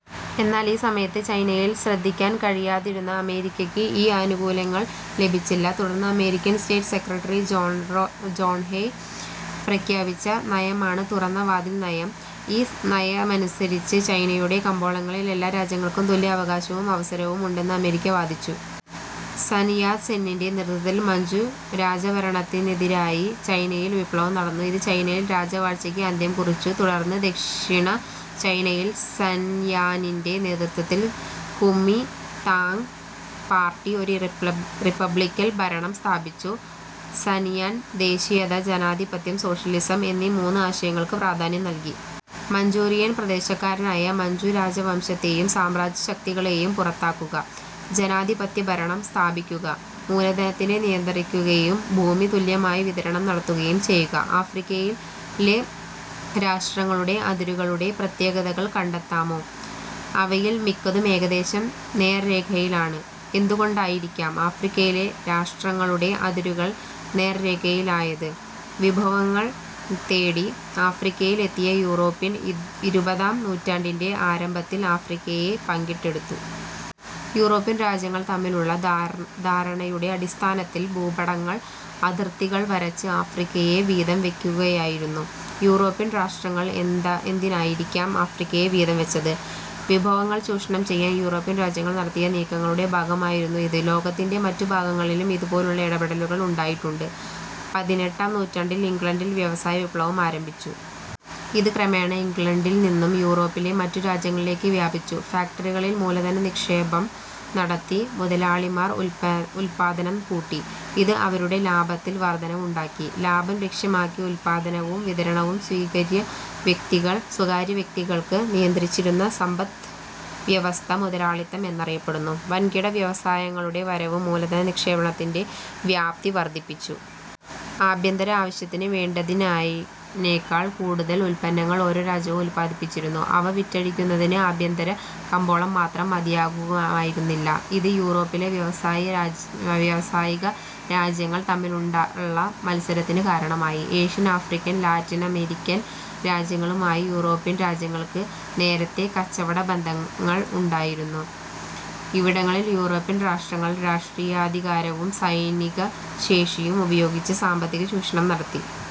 എന്നാൽ ഈ സമയത്ത് ചൈനയിൽ ശ്രദ്ധിക്കാൻ കഴിയാതിരുന്ന അമേരിക്കയ്ക്ക് ഈ ആനുകൂല്യങ്ങൾ ലഭിച്ചില്ല. തുടർന്ന് American state secretary John Hay പ്രഖ്യാപിച്ച നയമാണ് തുറന്ന വാതിൽ നയം. ഈ നയമനുസരിച്ച് ചൈനയുടെ കമ്പോളങ്ങളിൽ എല്ലാ രാജ്യങ്ങൾക്കും തുല്യ അവകാശവും അവസരവും ഉണ്ടെന്ന് അമേരിക്ക വാദിച്ചു. സൻ യാത് സെന്നിന്റെ നേതൃത്വത്തിൽ മഞ്ചു രാജഭരണത്തിനെരായി ചൈനയിൽ വിപ്ലവം നടന്നു. ഇത് ചൈനയിൽ രാജവാഴ്ചയ്ക്ക് അന്ത്യം കുറിച്ചു. തുടർന്ന് ദക്ഷിണ ചൈനയിൽ സൻയാന്നിന്റെ നേതൃത്വത്തിൽ കുമി താങ് പാർട്ടി ഒരു റിപ്പബ്ലിക്കൻ ഭരണം സ്ഥാപിച്ചു. സൻയാൻ ദേശീയത, ജനാധിപത്യം, സോഷ്യലിസം എന്നീ മൂന്ന് ആശയങ്ങൾക്ക് പ്രാധാന്യം നൽകി. മഞ്ചൂറിയൻ പ്രദേശക്കാരായ മഞ്ചു രാജ വംശ ത്തെയും സാമ്രാജ്യശക്തികളെയും പുറത്താക്കുക. ജനാധിപത്യഭരണം സ്ഥാപിക്കുക. മൂലധനത്തെ നിയന്ത്രിക്കുകയും ഭൂമി തുല്യമായി വിതരണം നടത്തുകയും ചെയ്യുക. ആഫ്രിക്കയിലെ രാഷ്ട്രങ്ങളുടെ അതിരുകളുടെ പ്രത്യേകതകൾ കണ്ടെത്താമോ? അവയിൽ മിക്കതും ഏകദേശം നേർരേഖയിലാണ്. എന്തുകൊണ്ടായിരിക്കാം ആഫ്രിക്കയിലെ രാഷ്ട്രങ്ങളുടെ അതിരുകൾ നേർരേഖയിലായത്? വിഭവങ്ങൾ തേടി ആഫ്രിക്കയിൽ എത്തിയ യൂറോപ്യർ ഇരുപതാം നൂറ്റാണ്ടിന്റെ ആരംഭത്തിൽ ആഫ്രിക്കയെ പങ്കിട്ടെടുത്തു. യൂറോപ്യൻ രാജ്യങ്ങൾ തമ്മിലുള്ള ധാരണയുടെ അടിസ്ഥാനത്തിൽ ഭൂപടത്തിൽ അതിർത്തികൾ വരച്ച് ആഫ്രിക്കയെ വീതം വയ്ക്കുകയായിരുന്നു. യൂറോപ്യൻ രാഷ്ട്രങ്ങൾ എന്തിനായിരിക്കാം ആഫ്രിക്കയെ വീതം വച്ചത്? വിഭവങ്ങൾ ചൂഷണം ചെയ്യാൻ യൂറോപ്യൻ രാജ്യങ്ങൾ നടത്തിയ നീക്കങ്ങളുടെ ഭാഗമായിരുന്നു ഇത്. ലോകത്തിന്റെ മറ്റു ഭാഗങ്ങളിലും ഇതുപോലുള്ള ഇടപെടലുകൾ ഉണ്ടായിട്ടുണ്ട്. പതിനെട്ടാം നൂറ്റാണ്ടിൽ ഇംഗ്ലണ്ടിൽ വ്യവസായ വിപ്ലവം ആരംഭിച്ചു. ഇത് ക്രമേണ ഇംഗ്ലണ്ടിൽ നിന്നു യൂറോപ്പിലെ മറ്റു രാജ്യങ്ങളിലേക്ക് വ്യാപിച്ചു. ഫാക്ടറികളിൽ മൂലധനനിക്ഷേപം നടത്തി മുതലാളിമാർ ഉൽപ്പാദനം കൂട്ടി. ഇത് അവരുടെ ലാഭത്തിൽ വർധനവുണ്ടാക്കി. ലാഭം ലക്ഷ്യമാക്കി ഉൽപ്പാദനവും വിതരണവും സ്വകാര്യവ്യക്തികൾ നിയന്ത്രിച്ചിരുന്ന സമ്പദ് വ്യവസ്ഥ മുതലാളിത്തം എന്നറിയപ്പെട്ടു. വൻകിട വ്യവസായങ്ങളുടെ വരവ് മൂലധന നിക്ഷേപത്തിന്റെ വ്യാപ്തി വർധിപ്പിച്ചു. ആഭ്യന്തര ആവശ്യത്തിന് വേണ്ടതിനേക്കാൾ കൂടുതൽ ഉൽപ്പന്നങ്ങൾ ഓരോ രാജ്യവും ഉൽപാദിപ്പിച്ചിരുന്നു. അവ വിറ്റഴിക്കുന്നതിന് ആഭ്യന്തരകമ്പോളം മാത്രം മതിയാകുമായിരുന്നില്ല. ഇത് യൂറോപ്പിലെ വ്യാവസായികരാജ്യങ്ങൾ തമ്മിലുള്ള മത്സരത്തിന് കാരണമായി. ഏഷ്യൻ, ആഫ്രിക്കൻ, ലാറ്റിനമേരിക്കൻ രാജ്യങ്ങളുമായി യൂറോപ്യൻ രാജ്യങ്ങൾക്ക് നേരത്തേ കച്ചവടബന്ധങ്ങൾ ഉണ്ടായിരുന്നു. ഇവിടങ്ങളിൽ യൂറോപ്യൻ രാഷ്ട്രങ്ങൾ രാഷ്ട്രീയാധികാരവും സൈനി കശേഷിയും ഉപയോഗിച്ച് സാമ്പത്തികചൂഷണം നടത്തി.